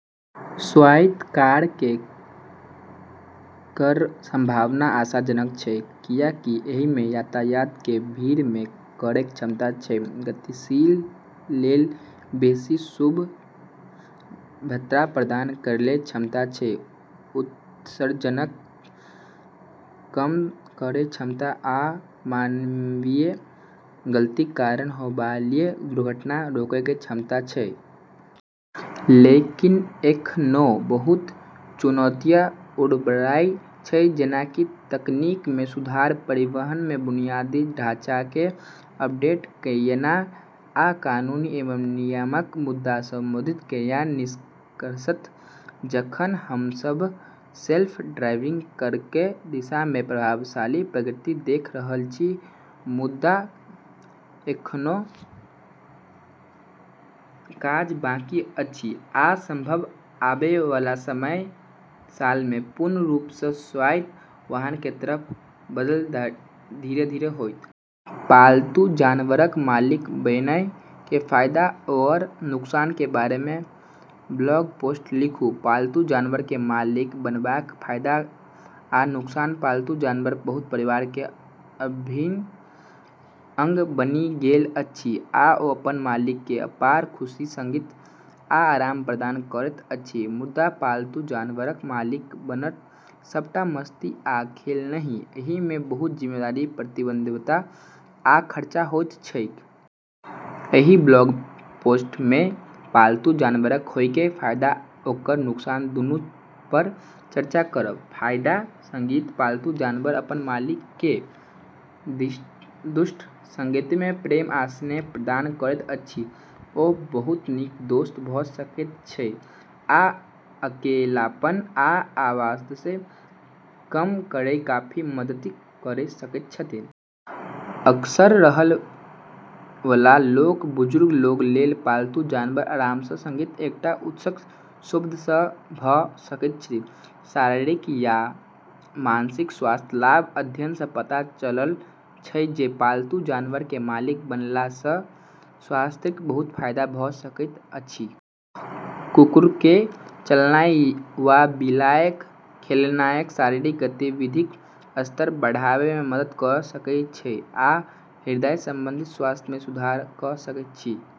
स्वायत्त कार केर संभावना आशाजनक छै, किएकि एहिम यातायात केर भीड़केँ कम करैके क्षमता छै, गतिशीलता लेल बेशी सुलभता प्रदान करयके क्षमता छै, उत्सर्जनकेँ कम करैके क्षमता छै, आ मानवीय गलतीक कारण होमयवला दुर्घटनाकेँ रोकैके क्षमता छै। लेकिन, एखनहु बहुत चुनौतीसँ उबरनाइ छै, जेनाकि तकनीक मे सुधार, परिवहन बुनियादी ढाँचाकेँ अपडेट कयनाइ, आ कानूनी एवं नियामक मुद्दाकेँ संबोधित कयनाइ। निष्कर्षतः, जखन कि हमसभ सेल्फ ड्राइविंग कारके दिशा मे प्रभावशाली प्रगति देख रहल छी, मुदा एखनहु काज बाकी अछि, आ संभवतः आबै वाला सालमे पूर्ण रूप सँ स्वायत्त वाहनके तरफ बदलाव धीरे-धीरे होयत। पालतू जानवरके मालिक बनय के फायदा आओर नुकसान के बारे मे ब्लॉग पोस्ट लिखू पालतू जानवर के मालिक बनबाक फायदा आ नुकसान पालतू जानवर बहुत परिवार के अभिन्न अंग बनि गेल अछि, आ ओ अपन मालिक के अपार खुशी, संगति, आ आराम प्रदान करैत अछि मुदा पालतू जानवरक मालिक बनब सबटा मस्ती आ खेल नहिं; एहिमे बहुत जिम्मेदारी, प्रतिबद्धता, आ खर्चा होइत छैक। एहि ब्लॉग पोस्टमे हम पालतू जानवरके होयके फायदा आओर नुकसान दुनूपर चर्चा करब। फायदा संगति: पालतू जानवर अपन मालिक के उत्कृष्ट संगति, प्रेम, आ स्नेह प्रदान करैत अछि ओ बहुत नीक दोस्त भ' सकैत छै आ अकेलापन आ अवसादकेँ कम करयमे काफी मदति क' सकैत छै। असगर रहयवला लोक या बुजुर्ग लोक लेल पालतू जानवर आराम आ संगतिकेँ एकटा उत्कृष्ट स्रोत भ' सकैत छै। शारीरिक आ मानसिक स्वास्थ्य लाभ: अध्ययन सँ पता चलल छै कि पालतू जानवर केँ मालिक बनलासँ स्वास्थ्यकेँ बहुत फायदा भ सकैत छै। कुकुरकेँ चलनाय वा बिलाइक खेलेनाय शारीरिक गतिविधिक स्तर बढ़ावयमे मदति क' सकैत छै आ हृदय संबंधी स्वास्थ्य मे सुधार क' सकैत छै।